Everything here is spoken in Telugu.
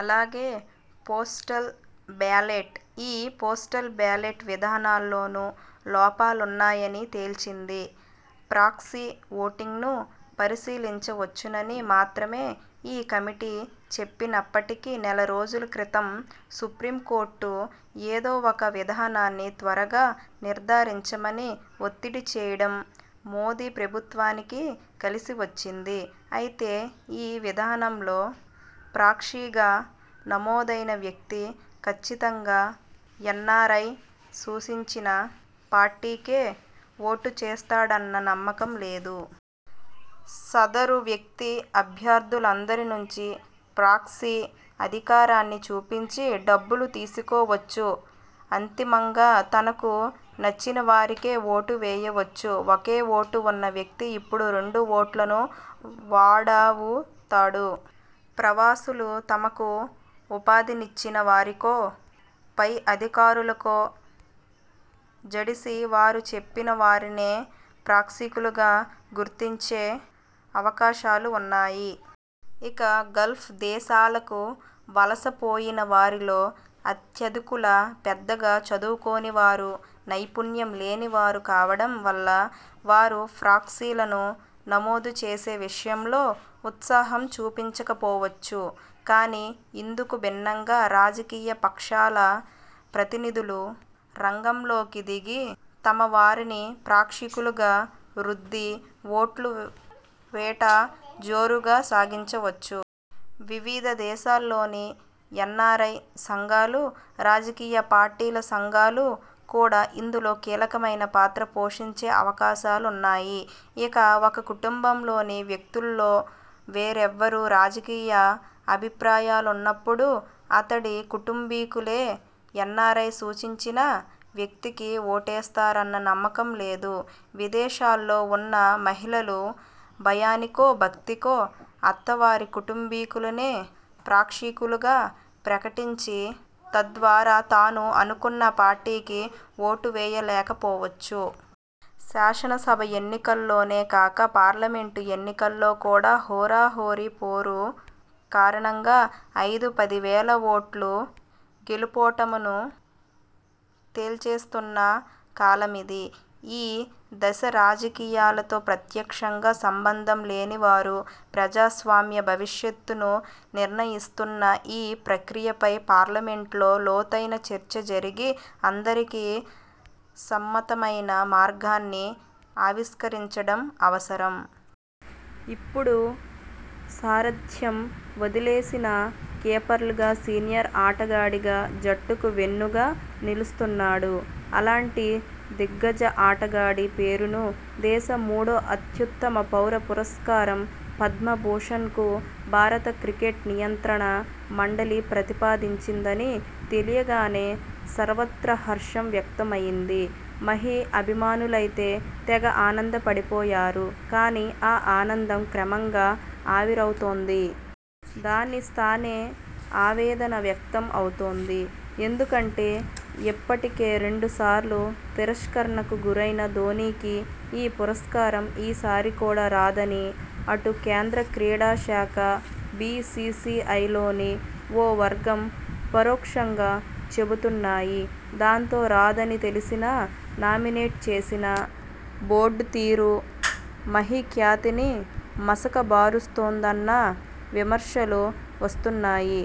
అలాగే, పోస్టల్ బ్యాలెట్, ఈ–పోస్టల్ బ్యాలెట్ విధానాల్లోనూ లోపాలున్నాయని తేల్చింది. ప్రాక్సీ ఓటింగ్ను పరిశీలించవచ్చునని మాత్రమే ఈ కమిటీ చెప్పినప్పటికీ, నెలరోజుల క్రితం సుప్రీంకోర్టు ఏదో ఒక విధానాన్ని త్వరగా నిర్థారించమని ఒత్తిడిచేయడం మోదీ ప్రభుత్వానికి కలిసివచ్చింది. అయితే, ఈ విధానంలో ప్రాక్సీగా నమోదైన వ్యక్తి కచ్చితంగా ఎన్నారై సూచించిన పార్టీకే ఓటుచేస్తాడన్న నమ్మకం లేదు. సదరు వ్యక్తి అభ్యర్థులందరినుంచీ ప్రాక్సీ అధికారాన్ని చూపించి డబ్బులు తీసుకోవచ్చు, అంతిమంగా తనకు నచ్చినవారికే ఓటువేయవచ్చు. ఒకే ఓటు వున్న వ్యక్తి ఇప్పుడు రెండు ఓట్లున్న వాడవుతాడు. ప్రవాసులు తమకు ఉపాధినిచ్చిన వారికో, పై అధికారులకో జడిసి వారు చెప్పిన వారినే ప్రాక్సీలుగా గుర్తించే అవకాశాలూ ఉన్నాయి. ఇక గల్ఫ్ దేశాలకు వలసపోయిన వారిలో అత్యధికులు పెద్దగా చదువుకోనివారు, నైపుణ్యంలేని వారు కావడం వల్ల వారు 'ప్రాక్సీ'లను నమోదు చేసే విషయంలో ఉత్సాహం చూపించకపోవచ్చు. కానీ, ఇందుకు భిన్నంగా రాజకీయపక్షాల ప్రతినిధులు రంగంలోకి దిగి తమవారిని ప్రాక్సీలుగా రుద్ది ఓట్ల వేట జోరుగా సాగించవచ్చు. వివిధ దేశాల్లోని ఎన్నారై సంఘాలు, రాజకీయపార్టీల సంఘాలు కూడా ఇందులో కీలకమైన పాత్ర పోషించే అవకాశాలున్నాయి. ఇక, ఒక కుటుంబంలోని వ్యక్తుల్లో వేర్వేరు రాజకీయ అభిప్రాయాలున్నప్పుడు అతడి కుటుంబీకులే ఎన్నారై సూచించిన వ్యక్తికి ఓటేస్తారన్న నమ్మకం లేదు. విదేశాల్లో ఉన్న మహిళలు భయానికో, భక్తికో అత్తవారి కుటుంబీకులనే ప్రాక్సీలుగా ప్రకటించి తద్వారా తాను అనుకున్న పార్టీకి ఓటువేయలేకపోవచ్చు. శాసనసభ ఎన్నికల్లోనే కాక, పార్లమెంటు ఎన్నికల్లో కూడా హోరాహోరీ పోరు కారణంగా ఐదుపదివేల ఓట్లు గెలుపోటములను తేల్చేస్తున్న కాలమిది. ఈ దేశ రాజకీయాలతో ప్రత్యక్షంగా సంబంధం లేనివారు ప్రజాస్వామ్య భవిష్యత్తును నిర్ణయిస్తున్న ఈ ప్రక్రియపై పార్లమెంటులో లోతైన చర్చ జరిగి అందరికీ సమ్మతమైన మార్గాన్ని ఆవిష్కరించడం అవసరం. ఇప్పుడు సారథ్యం వదిలేసినా కీపర్గా, సీనియర్ ఆటగాడిగా జట్టుకు వెన్నుగా నిలుస్తున్నాడు. అలాంటి దిగ్గజ ఆటగాడి పేరును దేశ మూడో అత్యుత్తమ పౌర పురస్కారం పద్మభూషణ్కు భారత క్రికెట్ నియంత్రణ మండలి ప్రతిపాదించిందని తెలియగానే సర్వత్రా హర్షం వ్యక్తమైంది. మహీ అభిమానులైతే తెగ ఆనందపడిపోయారు. కానీ, ఆ ఆనందం క్రమంగా ఆవిరవుతోంది. దాని స్థానే ఆవేదనా వ్యక్తం అవుతోంది. ఎందుకంటే ఇప్పటికే రెండుసార్లు తిరస్కరణకు గురైన ధోనీకి ఈ పురస్కారం ఈ సారి కూడా రాదని అటు కేంద్ర క్రీడా శాఖ బీసీసీఐలోని ఓ వర్గం పరోక్షంగా చెబుతున్నాయి. దాంతో, రాదని తెలిసినా నామినేట్ చేసిన బోర్డు తీరు మహీ ఖ్యాతిని మసకబారుస్తోందన్న విమర్శలు వస్తున్నాయి.